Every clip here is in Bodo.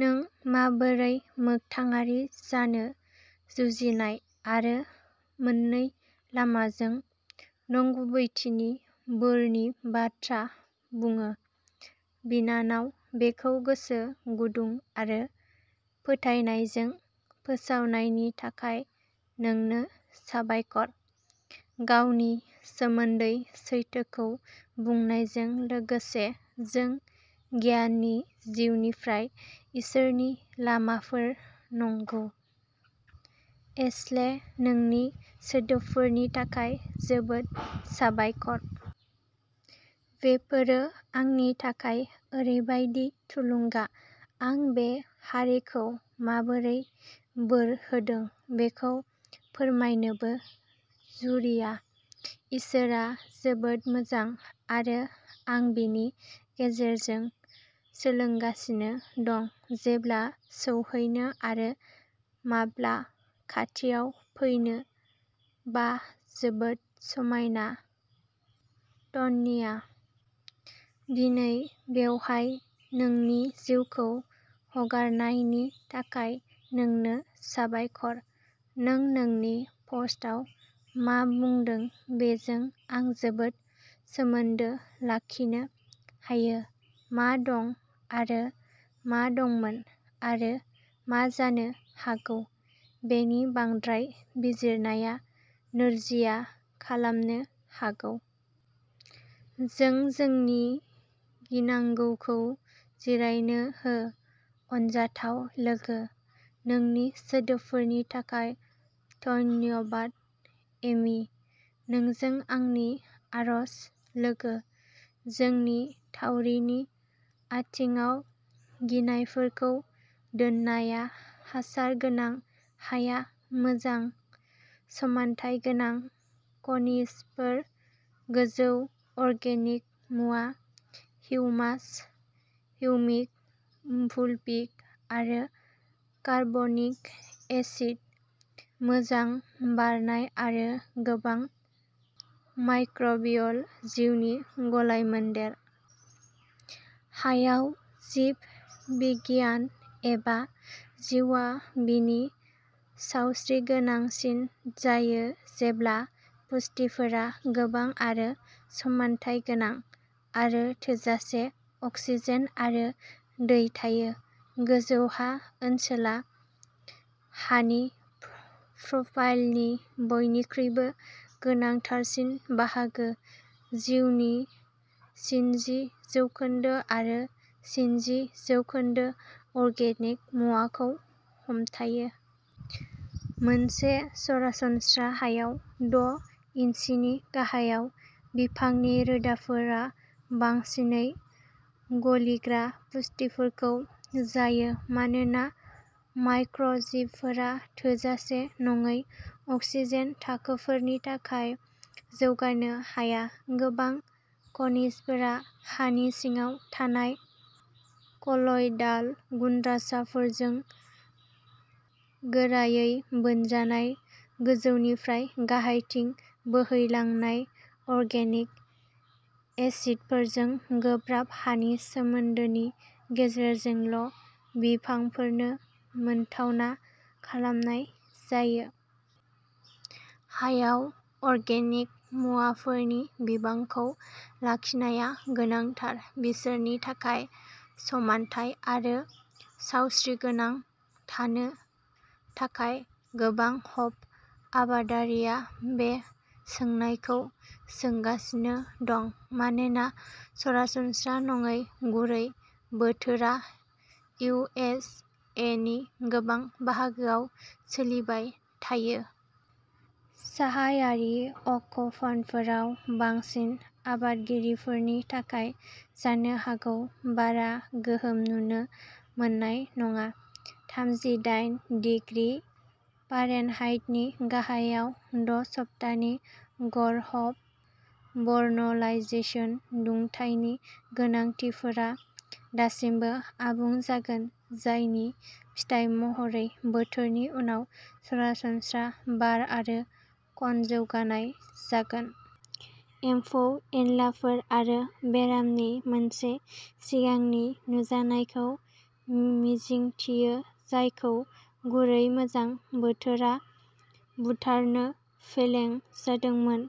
नों माबोरै मोगथाङारि जानो जुजिनाय आरो मोननै लामाजों नंगुबैथिनि बोरनि बाथ्रा बुङो, बिनानाव। बेखौ गोसो गुदुं आरो फोथायनायजों फोसावनायनि थाखाय नोंनो साबायखर, गावनि सोमोन्दै सैथोखौ बुंनायजों लोगोसे। जों गियानि जिउनिफ्राय इसोरनि लामाफोर नंगौ एशले नोंनि सोदोबफोरनि थाखाय जोबोद साबायखर। बेफोरो आंनि थाखाय ओरैबादि थुलुंगा। आं बे हारिखौ माबोरै बोर होदों बेखौ फोरमायनोबो जुरिया। इसोरआ जोबोद मोजां आरो आं बिनि गेजेरजों सोलोंगासिनो दं जेब्ला सौहैनो आरो माब्ला खाथियाव फैनो। बाह जोबोद समायना टन्या। दिनै बेवहाय नोंनि जिउखौ हगारनायनि थाखाय नोंनो साबायखर। नों नोंनि पस्टआव मा बुंदों बेजों आं जोबोद सोमोन्दो लाखिनो हायो। मा दं आरो मा दंमोन आरो मा जानो हागौ बेनि बांद्राय बिजिरनाया नोरजिया खालामनो हागौ। जों जोंनि गिनांगौखौ जिरायनो हो, अनजाथाव लोगो। नोंनि सोदोबफोरनि थाखाय धन्यबाद एमि। नोंजों आंनि आरज लोगो। जोंनि थावरिनि आथिंआव गिनायफोरखौ दोननाया। हासार गोनां हाया मोजां समानथाय गोनां खनिजफोर, गोजौ अर्गेनिक मुवा, हिउमास, हिउमिक, फुलभिक आरो कार्बनिक एसिड, मोजां बारनाय आरो गोबां माइक्रोबियल जिउनि गलायमोन्देर। हायाव जिब बिगियान एबा जिउआ बिनि सावस्रिगोनांसिन जायो जेब्ला पुष्टिफोरा गोबां आरो समानथाय गोनां, आरो थोजासे अक्सिजेन आरो दै थायो। गोजौ हा ओनसोला हानि प्रफाइलनि बयनिख्रुइबो गोनांथारसिन बाहागो जिउनि स्निजि जौखोन्दो आरो स्निजि जौखोन्दो अर्गेनिक मुवाखौ हमथायो। मोनसे सरासनस्रा हायाव, द' इन्सिनि गाहायाव बिफांनि रोदाफोरा बांसिनै गलिग्रा पुष्टिफोरखौ जायो मानोना माइक्र'जिबफोरा थोजासे नङै अक्सिजेन थाखोफोरनि थाखाय जौगानो हाया। गोबां खनिजफोरा हानि सिङाव थानाय कल'यडाल गुनद्रासाफोरजों गोरायै बोनजानाय, गोजौनिफ्राय गाहायथिं बोहैलांनाय अर्गेनिक एसिडफोरजों गोब्राब हानि सोमोन्दोनि गेजेरजोंल' बिफांफोरनो मोनथावना खालामनाय जायो। हायाव अर्गेनिक मुवाफोरनि बिबांखौ लाखिनाया गोनांथार। बिसोरनि थाखाय समानथाय आरो सावस्रिगोनां थानो थाखाय। गोबां हप आबादारिया बे सोंनायखौ सोंगासिनो दं मानोना सरासनस्रा नङै गुरै बोथोरा इउ एस ए नि गोबां बाहागोआव सोलिबाय थायो। साहायारि अकफानफोराव बांसिन आबादगिरिफोरनि थाखाय जानो हागौ बारा गोहोम नुनो मोननाय नङा। थामजिदायेन दिग्रि फारेनहाइटनि गाहायाव द' सप्तानि गर हप वर्नलाइजेशन दुंथायनि गोनांथिफोरा दासिमबो आबुं जागोन, जायनि फिथाय महरै बोथोरनि उनाव सरासनस्रा बार आरो कन जौगानाय जागोन। एम्फौ-एनलाफोर आरो बेरामनि मोनसे सिगांनि नुजानायखौ मिजिंथियो जायखौ गुरै गोजां बोथोरा बुथारनो फेलें जादोंमोन।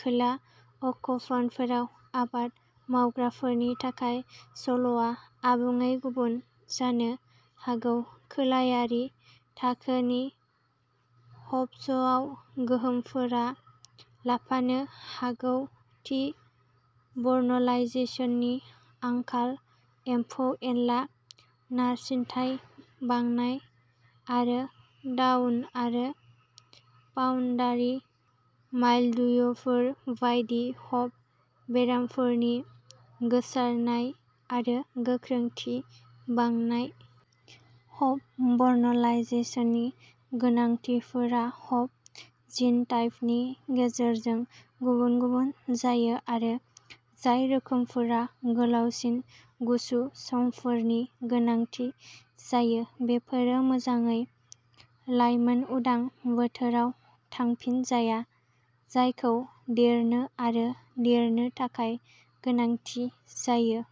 खोला अक्षफानफोराव आबाद मावग्राफोरनि थाखाय सल'आ आबुङै गुबुन जानो हागौ। खोलायारि थाखोनि हप्सआव गोहोमफोरा लाफानो हागौ थि व बर्नलाइजेशननि आंखाल, एम्फौ-एनला नारसिनथाय बांनाय, आरो डाउन आरो पाउडारि माइल्ड्युफोर बायदि हप बेरामफोरनि गोसारनाय आरो गोख्रोंथि बांनाय। हप बर्नलाइजेशननि गोनांथिफोरा हप जिन'टाइपनि गेजेरजों गुबुन-गुबुन जायो आरो जाय रोखोमफोरा गोलावसिन गुसु समफोरनि गोनांथि जायो बेफोरो मोजाङै लायमोन उदां बोथोराव थांफिनजाया जायखौ देरनो आरो देरनो थाखाय गोनांथि जायो।